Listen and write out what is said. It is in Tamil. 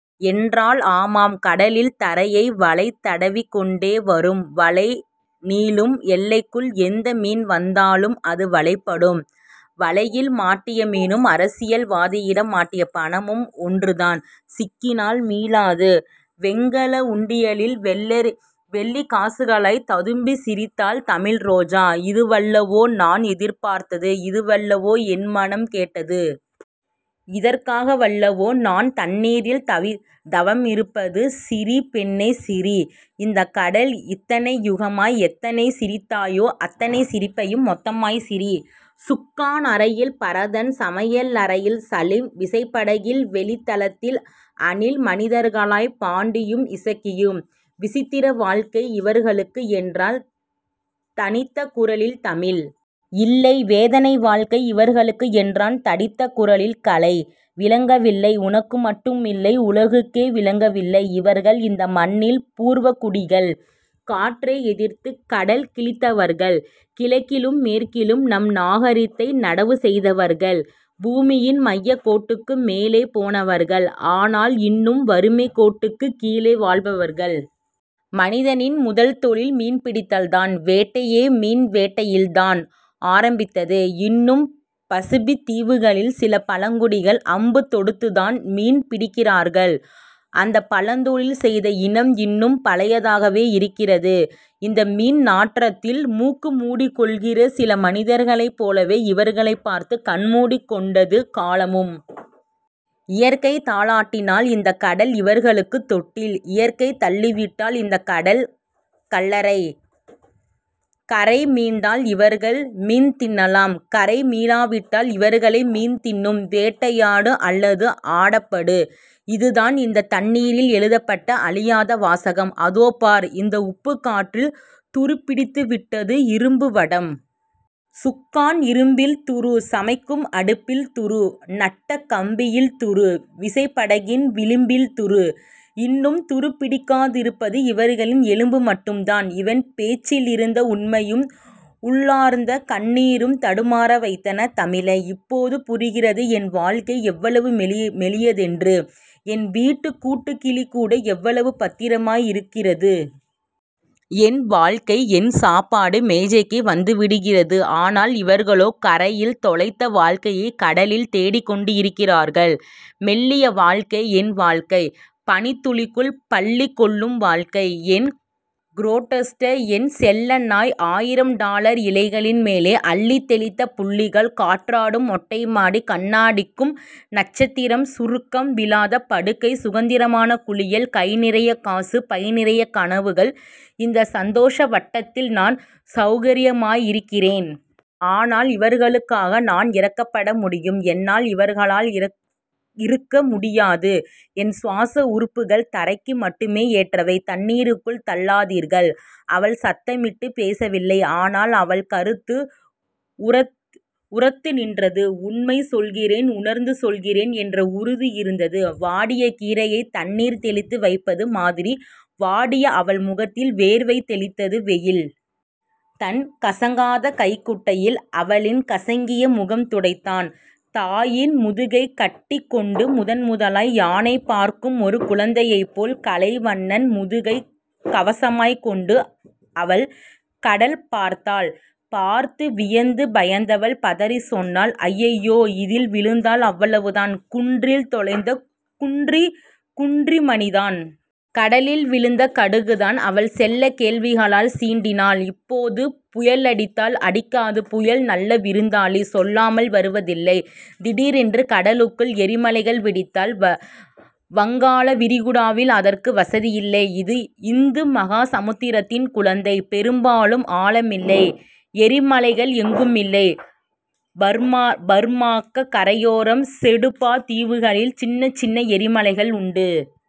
என்றாள் ஆமாம். கடலின் தரையை வலை தடவிக்கொண்டே வரும். வலைநீளும் எல்லைக்குள் எந்த மீன் வந்தாலும் அது வலைப்படும். வலையில் மாட்டிய மீனும் அரசியல்வாதியிடம் மாட்டிய பணமும் ஒன்றுதான். சிக்கினால் மீளாது. வெண்கல உண்டியலில் வெள்ளிக்காசுகளாய்த் ததும்பிச் சிரித்தாள் தமிழ்ரோஜா. இதுவல்லவோ நான் எதிர்பார்த்தது. இதுவல்லவோ என் மனம் கேட்டது. இதற்காகவல்லவோ நான் தண்ணீரில் தவமிருப்பது. சிரி பெண்ணே சிரி. இந்தக் கடல் இத்தனை யுகமாய் எத்தனை சிரித்ததோ அத்தனைச் சிரிப்பையும் மொத்தமாய்ச் சிரி... சுக்கான் அறையில் பரதன். சமையல் அறையில் சலீம். விசைப்படகின் வெளித்தளத்தில் அணில் மனிதர்களாய் பாண்டியும் இசக்கியும். விசித்திர வாழ்க்கை இவர்களுக்கு என்றாள் தணிந்த குரலில் தமிழ். இல்லை. வேதனை வாழ்க்கை இவர்களுக்கு என்றான் தடித்த குரலில் கலை. விளங்கவில்லை. உனக்கு மட்டுமில்லை. உலகுக்கே விளங்கவில்லை. இவர்கள் இந்த மண்ணின் பூர்வகுடிகள். காற்றை எதிர்த்துக் கடல் கிழித்தவர்கள். கிழக்கிலும் மேற்கிலும் நம் நாகரிகத்தை நடவுசெய்தவர்கள். பூமியின் மையக்கோட்டுக்கு மேலே போனவர்கள். ஆனால் இன்னும் வறுமைக்கோட்டுக்குக் கீழே வாழ்பவர்கள். மனிதனின் முதல்தொழில் மீன்பிடித்தல்தான். வேட்டையே மீன் வேட்டையில்தான் ஆரம்பித்தது. இன்னும் பசிபிக் தீவுகளில் சில பழங்குடிகள் அம்பு தொடுத்துத்தான் மீன் பிடிக்கிறார்கள். அந்தப் பழந்தொழில் செய்த இனம் இன்னும் பழையதாகவே இருக்கிறது. இந்த மீன்நாற்றத்தில் முக்கு முடிக்கொள்கிற சில மனிதர்களைப் போலவே இவர்களைப் பார்த்துக் கண்முடிக் கொண்டது காலமும். இயற்கை தாலாட்டினால் இந்தக் கடல் இவர்களுக்குத் தொட்டில். இயற்கை தள்ளிவிட்டால் இந்தக் கடல் கல்லறை. கரை மீண்டால் இவர்கள் மீன்தின்னலாம். கரை மீளாவிட்டால் இவர்களை மீன்தின்னும். வேட்டையாடு. அல்லது ஆடப்படு. இதுதான் இந்தத் தண்ணீரில் எழுதப்பட்ட அழியாத வாசகம். அதோ பார். இந்த உப்புக் காற்றில் துருப்பிடித்துவிட்டது இரும்புவடம். சுக்கான் இரும்பில் துரு. சமைக்கும் அடுப்பில் துரு. நட்ட கம்பியில் துரு. விசைப்படகின் விளிம்பில் துரு. இன்னும் துருப்பிடிக்காதிருப்பது இவர்களின் எலும்பு மட்டும்தான். அவன் பேச்சிலிருந்த உண்மையும் உள்ளார்ந்த கண்ணீரும் தடுமாறவைத்தன தமிழை. இப்போது புரிகிறது. என் வாழ்க்கை எவ்வளவு மெல்லியதென்று. என் வீட்டுக் கூண்டுக்கிளிகூட எவ்வளவு பத்திரமாயிருக்கிறது? என் வாழ்க்கை என் சாப்பாட்டு மேஜைக்கே வந்துவிடுகிறது. ஆனால், இவர்களோ கரையில் தொலைத்த வாழ்க்கையைக் கடலில் தேடிக் கொண்டிருக்கிறார்கள். மெல்லிய வாழ்க்கை என் வாழ்க்கை. பனித் துளிக்குள் பள்ளிகொள்ளும் வாழ்க்கை. என் குரோட்டன்ஸ என் செல்ல நாய் ஆயிரம் டாலர் இலைகளின் மேலே அள்ளித் தெளித்த புள்ளிகள் காற்றாடும் மொட்டைமாடி கண்ணடிக்கும் நட்சத்திரம் சுருக்கம் விழாத படுக்கை சுதந்திரமான குளியல் கைநிறையக்காசு பைநிறையக் கனவுகள் இந்த சந்தோஷவட்டத்தில் நான் செளகரியமாயிருக்கிறேன். ஆனால், இவர்களுக்காக நான் இரக்கப்பட முடியும். என்னால் இவர்களாக இருக்க முடியாது. என் சுவாச உறுப்புகள் தரைக்கு மட்டுமே ஏற்றவை. தண்ணீருக்குள் தள்ளாதீர்கள். அவள் சத்தமிட்டுப் பேசவில்லை. ஆனால் அவள் கருத்து உரத்துநின்றது. உண்மை சொல்கிறேன் உணர்ந்து சொல்கிறேன் என்ற உறுதி இருந்தது. வாடிய கீரையைத் தண்ணீர்தெளித்து வைப்பது மாதிரி வாடிய அவள் முகத்தில் வேர்வை தெளித்தது வெயில். தன் கசங்காத கைக்குட்டையில் அவளின் கசங்கிய முகம்துடைத்தான். தாயின் முதுகைக் கட்டிக் கொண்டு முதன்முதலாய் யானைபார்க்கும் ஒரு குழந்தையைப் போல் கலைவண்ணன் முதுகைக் கவசமாய்க் கொண்டு அவள் கடல்பார்த்தாள். பார்த்து வியந்து பயந்தவள் பதறிச் சொன்னாள். அய்யய்யோ. இதில் விழுந்தால்? அவ்வளவுதான். குன்றில் தொலைந்த குன்றிமணிதான். கடலில் விழுந்த கடுகுதான்... அவள் செல்லக் கேள்விகளால் சீண்டினாள். இப்போது புயலடித்தால்? அடிக்காது. புயல் நல்ல விருந்தாளி. சொல்லாமல் வருவதில்லை... திடீரென்று கடலுக்குள் எரிமலைகள் வெடித்தால்? வங்காளவிரிகுடாவில் அதற்கு வசதி இல்லை. இது இந்துமகாசமுத்திரத்தின் குழந்தை. பெரும்பாலும் ஆழமில்லை. எரிமலைகள் எங்குமில்லை. பர்மாக் கரையோரம் செடுபா தீவுகளில் சின்னச் சின்ன எரிமலைகள் உண்டு.